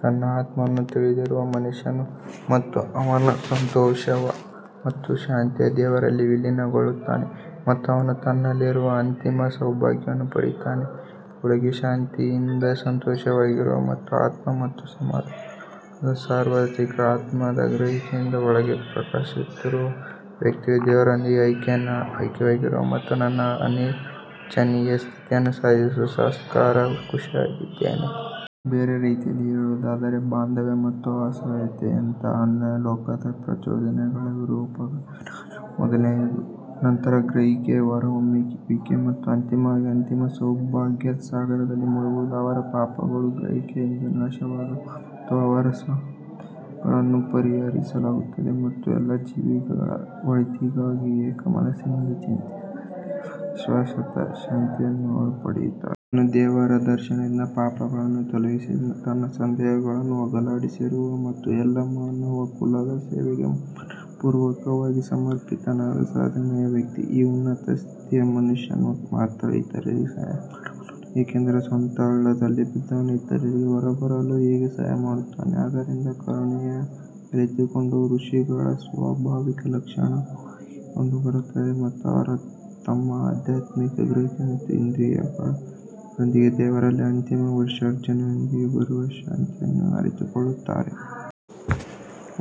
ತನ್ನ ಆತ್ಮವನ್ನು ತಿಳಿದಿರುವ ಮನುಷ್ಯನು ಮತ್ತು ಅವನ ಸಂತೋಷ ಮತ್ತು ಶಾಂತಿಯು ದೇವರಲ್ಲಿ ವಿಲೀನಗೊಳ್ಳುತ್ತಾನೆ ಮತ್ತು ಅವನು ತನ್ನಲ್ಲಿರುವ ಅಂತಿಮ ಸೌಭಾಗ್ಯವನ್ನು ಪಡೆಯುತ್ತಾನೆ. ಒಳಗೆ ಶಾಂತಿಯಿಂದ ಸಂತೋಷವಾಗಿರುವ ಮತ್ತು ಆತ್ಮ ಮತ್ತು ಸಮಾನವಾದ ಸಾರ್ವತ್ರಿಕ ಆತ್ಮದ ಗ್ರಹಿಕೆಯಿಂದ ಒಳಗೆ ಪ್ರಕಾಶಿಸುತ್ತಿರುವ ವ್ಯಕ್ತಿಯು ದೇವರೊಂದಿಗೆ ಐಕ್ಯವಾಗಿರುವ ಮತ್ತು ತನ್ನ ಅನಿರ್ವಚನೀಯ ಸ್ಥಿತಿಯನ್ನು ಸಾಧಿಸುವ ಸಾಕ್ಷಾತ್ಕಾರ ಋಷಿಯಾಗಿದ್ದಾನೆ. ಬೇರೆ ರೀತಿಯಲ್ಲಿ ಹೇಳುವುದಾದರೆ, ಬಾಂಧವ್ಯ ಮತ್ತು ಅಸಹ್ಯತೆಯಂತಹ ಅನ್ಯಲೋಕದ ಪ್ರಚೋದನೆಗಳ ವಿರೂಪಗಳ ವಿನಾಶವು ಮೊದಲನೆಯದು, ನಂತರ ಗ್ರಹಿಕೆಯ ಹೊರಹೊಮ್ಮುವಿಕೆ ಮತ್ತು ಅಂತಿಮವಾಗಿ ಅಂತಿಮ ಸೌಭಾಗ್ಯದ ಸಾಗರದಲ್ಲಿ ಮುಳುಗುವುದು. ಅವರ ಪಾಪಗಳು ಗ್ರಹಿಕೆಯಿಂದ ನಾಶವಾದವು ಮತ್ತು ಅವರ ಸಂದೇಹಗಳನ್ನು ಪರಿಹರಿಸಲಾಗುತ್ತದೆ ಮತ್ತು ಎಲ್ಲಾ ಜೀವಿಗಳ ಒಳಿತಿಗಾಗಿ ಏಕ ಮನಸ್ಸಿನಿಂದ ಚಿಂತಿಸುವ ದೇವರ ಶಾಶ್ವತ ಶಾಂತಿಯನ್ನು ಅವರು ಪಡೆಯುತ್ತಾರೆ. ಆತನು ದೇವರ ದರ್ಶನದಿಂದ ಪಾಪಗಳನ್ನು ತೊಲಗಿಸಿ ತನ್ನ ಸಂದೇಹಗಳನ್ನು ಹೋಗಲಾಡಿಸಿರುವ ಮತ್ತು ಎಲ್ಲ ಮಾನವಕುಲದ ಸೇವೆಗೆ ಮನಃಪೂರ್ವಕವಾಗಿ ಸಮರ್ಪಿತನಾದ ಸಾಧನೆಯ ವ್ಯಕ್ತಿ. ಈ ಉನ್ನತ ಸ್ಥಿತಿಯ ಮನುಷ್ಯನು ಮಾತ್ರ ಇತರರಿಗೆ ಸಹಾಯ ಮಾಡಬಲ್ಲನು ಏಕೆಂದರೆ ಸ್ವತಃ ಹಳ್ಳದಲ್ಲಿ ಬಿದ್ದವನು ಇತರರಿಗೆ ಹೊರಬರಲು ಹೇಗೆ ಸಹಾಯ ಮಾಡುತ್ತಾನೆ ಆದ್ದರಿಂದ ಕರುಣೆಯು ಅರಿತುಕೊಂಡ ಋಷಿಗಳ ಸ್ವಾಭಾವಿಕ ಲಕ್ಷಣವಾಗಿ ಕಂಡುಬರುತ್ತದೆ ಮತ್ತು ಅವರು ತಮ್ಮ ಆಧ್ಯಾತ್ಮಿಕ ಗ್ರಹಿಕೆ ಮತ್ತು ಇಂದ್ರಿಯಗಳ ವಿಜಯದೊಂದಿಗೆ ದೇವರಲ್ಲಿ ಅಂತಿಮ ವಿಸರ್ಜನೆಯೊಂದಿಗೆ ಬರುವ ಶಾಂತಿಯನ್ನು ಅರಿತುಕೊಳ್ಳುತ್ತಾರೆ.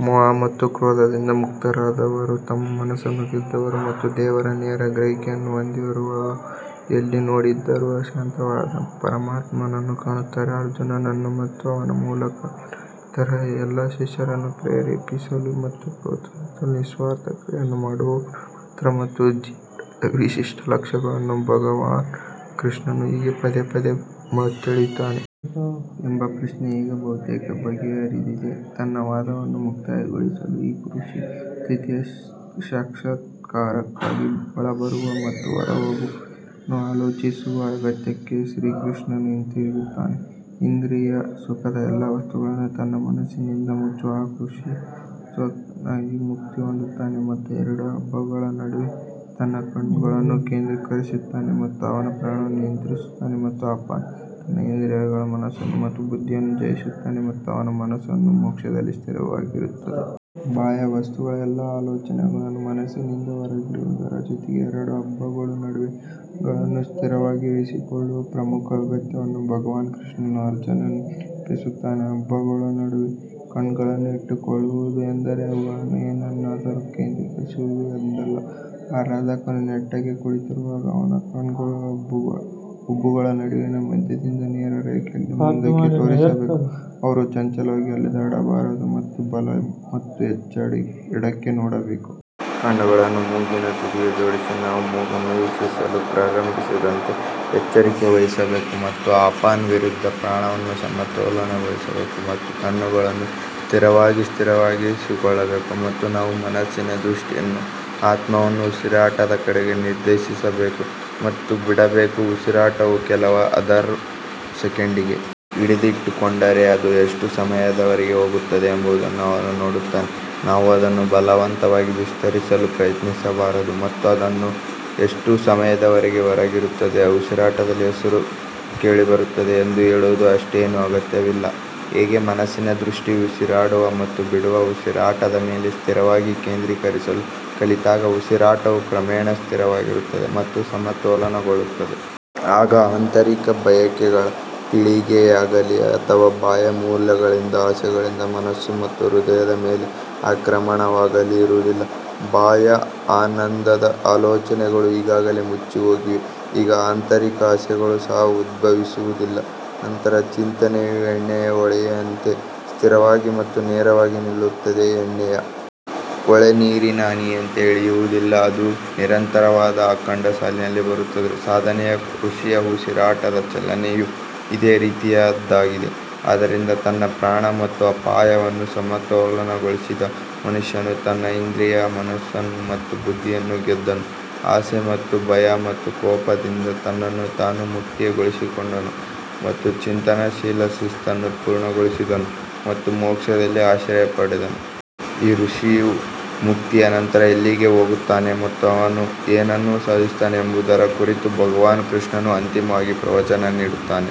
ಮೋಹ ಮತ್ತು ಕ್ರೋಧದಿಂದ ಮುಕ್ತರಾದವರು ತಮ್ಮ ಮನಸ್ಸನ್ನು ಗೆದ್ದವರು ಮತ್ತು ದೇವರ ನೇರ ಗ್ರಹಿಕೆಯನ್ನು ಹೊಂದಿರುವವರು ಎಲ್ಲಿ ನೋಡಿದರೂ ಶಾಂತವಾದ ಪರಮಾತ್ಮನನ್ನು ಕಾಣುತ್ತಾರೆ. ಅರ್ಜುನನನ್ನು ಮತ್ತು ಅವನ ಮೂಲಕ ಅವನ ಇತರ ಎಲ್ಲ ಶಿಷ್ಯರನ್ನು ಪ್ರೇರೇಪಿಸಲು ಮತ್ತು ಪ್ರೋತ್ಸಾಹಿಸಲು ನಿಸ್ವಾರ್ಥ ಕ್ರಿಯೆಯನ್ನು ಮಾಡುವವರ ಪಾತ್ರ ಮತ್ತು ಜೀವನದ ವಿಶಿಷ್ಟ ಲಕ್ಷಣಗಳನ್ನು ಭಗವಾನ್ ಕೃಷ್ಣನು ಹೀಗೆ ಪದೇ ಪದೇ ಒತ್ತಿಹೇಳುತ್ತಾನೆ. ಎಂಬ ಪ್ರಶ್ನೆ ಈಗ ಬಹುತೇಕ ಬಗೆಹರಿದಿದೆ ತನ್ನ ವಾದವನ್ನು ಮುಕ್ತಾಯಗೊಳಿಸಲು, ಈ ಋಷಿ ಸ್ಥಿತಿಯ ಸಾಕ್ಷಾತ್ಕಾರಕ್ಕಾಗಿ ಒಳಬರುವ ಮತ್ತು ಹೊರಹೋಗುವ ಉಸಿರನ್ನು ಆಲೋಚಿಸುವ ಅಗತ್ಯಕ್ಕೆ ಶ್ರೀಕೃಷ್ಣನು ಹಿಂತಿರುಗುತ್ತಾನೆ. ಇಂದ್ರಿಯ ಸುಖದ ಎಲ್ಲಾ ವಸ್ತುಗಳನ್ನು ತನ್ನ ಮನಸ್ಸಿನಿಂದ ಮುಚ್ಚುವ ಆ ಋಷಿಯು ಶಾಶ್ವತವಾಗಿ ಮುಕ್ತಿ ಹೊಂದುತ್ತಾನೆ ಮತ್ತು ಎರಡು ಹುಬ್ಬುಗಳ ನಡುವೆ ತನ್ನ ಕಣ್ಣುಗಳನ್ನು ಕೇಂದ್ರೀಕರಿಸುತ್ತಾನೆ ಮತ್ತು ಅವನ ಪ್ರಾಣವನ್ನು ನಿಯಂತ್ರಿಸುತ್ತಾನೆ ಮತ್ತು ಅಪಾನ್ ತನ್ನ ಇಂದ್ರಿಯಗಳ ಮನಸ್ಸು ಮತ್ತು ಬುದ್ಧಿಯನ್ನು ಜಯಿಸುತ್ತಾನೆ ಮತ್ತು ಅವನ ಮನಸ್ಸು ಮೋಕ್ಷದಲ್ಲಿ ಸ್ಥಿರವಾಗಿರುತ್ತದೆ. ಬಾಹ್ಯ ವಸ್ತುಗಳ ಎಲ್ಲಾ ಆಲೋಚನೆಗಳನ್ನು ಮನಸ್ಸಿನಿಂದ ಹೊರಗಿಡುವುದರ ಜೊತೆಗೆ ಎರಡು ಹುಬ್ಬುಗಳ ನಡುವೆ ಕಣ್ಣುಗಳನ್ನು ಸ್ಥಿರವಾಗಿ ಇರಿಸಿಕೊಳ್ಳುವ ಪ್ರಮುಖ ಅಗತ್ಯವನ್ನು ಭಗವಾನ್ ಕೃಷ್ಣನು ಅರ್ಜುನನಿಗೆ ನೆನಪಿಸುತ್ತಾನೆ. ಹುಬ್ಬುಗಳ ನಡುವೆ ಕಣ್ಣುಗಳನ್ನು ಇಟ್ಟುಕೊಳ್ಳುವುದು ಎಂದರೆ ಅವುಗಳನ್ನು ಏನನ್ನಾದರೂ ಕೇಂದ್ರೀಕರಿಸುವುದು ಎಂದಲ್ಲ ಆರಾಧಕನು ನೆಟ್ಟಗೆ ಕುಳಿತಿರುವಾಗ ಅವನ ಕಣ್ಣುಗಳು ಹುಬ್ಬುಗಳ ನಡುವಿನ ಮಧ್ಯದಿಂದ ನೇರ ರೇಖೆಯಲ್ಲಿ ಮುಂದಕ್ಕೆ ತೋರಿಸಬೇಕು, ಅವರು ಚಂಚಲವಾಗಿ ಅಲೆದಾಡಬಾರದು ಮತ್ತು ಬಲ ಮತ್ತು ಎಡಕ್ಕೆ ನೋಡಬೇಕು. ಕಣ್ಣುಗಳನ್ನು ಮೂಗಿನ ತುದಿಗೆ ಜೋಡಿಸಿ, ನಾವು ಮೂಗನ್ನು ವೀಕ್ಷಿಸಲು ಪ್ರಾರಂಭಿಸದಂತೆ ಎಚ್ಚರಿಕೆ ವಹಿಸಬೇಕು ಮತ್ತು ಅಪಾನ್ ವಿರುದ್ಧ ಪ್ರಾಣವನ್ನು ಸಮತೋಲನಗೊಳಿಸಬೇಕು ಮತ್ತು ಕಣ್ಣುಗಳನ್ನು ಸ್ಥಿರವಾಗಿ ಸ್ಥಿರವಾಗಿರಿಸಿಕೊಳ್ಳಬೇಕು ಮತ್ತು ನಾವು ಮನಸ್ಸಿನ ದೃಷ್ಟಿಯನ್ನು ಆತ್ಮವನ್ನು ಉಸಿರಾಟದ ಕಡೆಗೆ ನಿರ್ದೇಶಿಸಬೇಕು ಮತ್ತು ಬಿಡಬೇಕು. ಉಸಿರಾಟವು ಕೇವಲ ಅರ್ಧ ಸೆಕೆಂಡಿಗೆ ಹಿಡಿದಿಟ್ಟುಕೊಂಡರೆ ಅದು ಎಷ್ಟು ಸಮಯದವರೆಗೆ ಹೋಗುತ್ತದೆ ಎಂಬುದನ್ನು ಅವನು ನೋಡುತ್ತಾನೆ, ನಾವು ಅದನ್ನು ಬಲವಂತವಾಗಿ ವಿಸ್ತರಿಸಲು ಪ್ರಯತ್ನಿಸಬಾರದು ಮತ್ತು ಅದು ಎಷ್ಟು ಸಮಯದವರೆಗೆ ಹೊರಗಿರುತ್ತದೆ ಉಸಿರಾಟದಲ್ಲಿ ಹೆಸರು ಕೇಳಿಬರುತ್ತದೆ ಎಂದು ಹೇಳುವುದು ಅಷ್ಟೇನೂ ಅಗತ್ಯವಿಲ್ಲ ಹೀಗೆ ಮನಸ್ಸಿನ ದೃಷ್ಟಿಯು ಉಸಿರಾಡುವ ಮತ್ತು ಬಿಡುವ ಉಸಿರಾಟದ ಮೇಲೆ ಸ್ಥಿರವಾಗಿ ಕೇಂದ್ರೀಕರಿಸಲು ಕಲಿತಾಗ, ಉಸಿರಾಟವು ಕ್ರಮೇಣ ಸ್ಥಿರವಾಗಿರುತ್ತದೆ ಮತ್ತು ಸಮತೋಲನಗೊಳ್ಳುತ್ತದೆ. ಆಗ ಆಂತರಿಕ ಬಯಕೆಗಳ ಪೀಳಿಗೆಯಾಗಲೀ ಅಥವಾ ಬಾಹ್ಯ ಮೂಲಗಳಿಂದ ಆಸೆಗಳಿಂದ ಮನಸ್ಸು ಮತ್ತು ಹೃದಯದ ಮೇಲೆ ಆಕ್ರಮಣವಾಗಲೀ ಇರುವುದಿಲ್ಲ. ಬಾಹ್ಯ ಆನಂದದ ಆಲೋಚನೆಗಳು ಈಗಾಗಲೇ ಮುಚ್ಚಿಹೋಗಿವೆ ಈಗ ಆಂತರಿಕ ಆಸೆಗಳು ಸಹ ಉದ್ಭವಿಸುವುದಿಲ್ಲ ನಂತರ ಚಿಂತನೆಯು ಎಣ್ಣೆಯ ಹೊಳೆಯಂತೆ ಸ್ಥಿರವಾಗಿ ಮತ್ತು ನೇರವಾಗಿ ನಿಲ್ಲುತ್ತದೆ ಎಣ್ಣೆಯ ಹೊಳೆ ನೀರಿನ ಹನಿಯಂತೆ ಇಳಿಯುವುದಿಲ್ಲ, ಅದು ನಿರಂತರವಾದ ಅಖಂಡ ಸಾಲಿನಲ್ಲಿ ಬರುತ್ತದೆ ಸಾಧನೆಯ ಋಷಿಯ ಉಸಿರಾಟದ ಚಲನೆಯು ಇದೇ ರೀತಿಯದ್ದಾಗಿದೆ ಆದ್ದರಿಂದ ತನ್ನ ಪ್ರಾಣ ಮತ್ತು ಅಪಾನವನ್ನು ಸಮತೋಲನಗೊಳಿಸಿದ ಮನುಷ್ಯನು ತನ್ನ ಇಂದ್ರಿಯಗಳ ಮನಸ್ಸು ಮತ್ತು ಬುದ್ಧಿಯನ್ನು ಗೆದ್ದನು ಆಸೆ ಮತ್ತು ಭಯ ಮತ್ತು ಕೋಪದಿಂದ ತನ್ನನ್ನು ತಾನು ಮುಕ್ತಗೊಳಿಸಿಕೊಂಡನು ಮತ್ತು ಚಿಂತನಶೀಲ ಶಿಸ್ತನ್ನು ಪರಿಪೂರ್ಣಗೊಳಿಸಿದನು ಮತ್ತು ಮೋಕ್ಷದಲ್ಲಿ ಆಶ್ರಯ ಪಡೆದನು. ಈ ಋಷಿಯು ಮುಕ್ತಿಯ ನಂತರ ಎಲ್ಲಿಗೆ ಹೋಗುತ್ತಾನೆ ಮತ್ತು ಅವನು ಏನನ್ನು ಸಾಧಿಸುತ್ತಾನೆ ಎಂಬುದರ ಕುರಿತು ಭಗವಾನ್ ಕೃಷ್ಣನು ಅಂತಿಮವಾಗಿ ಪ್ರವಚನ ನೀಡುತ್ತಾನೆ.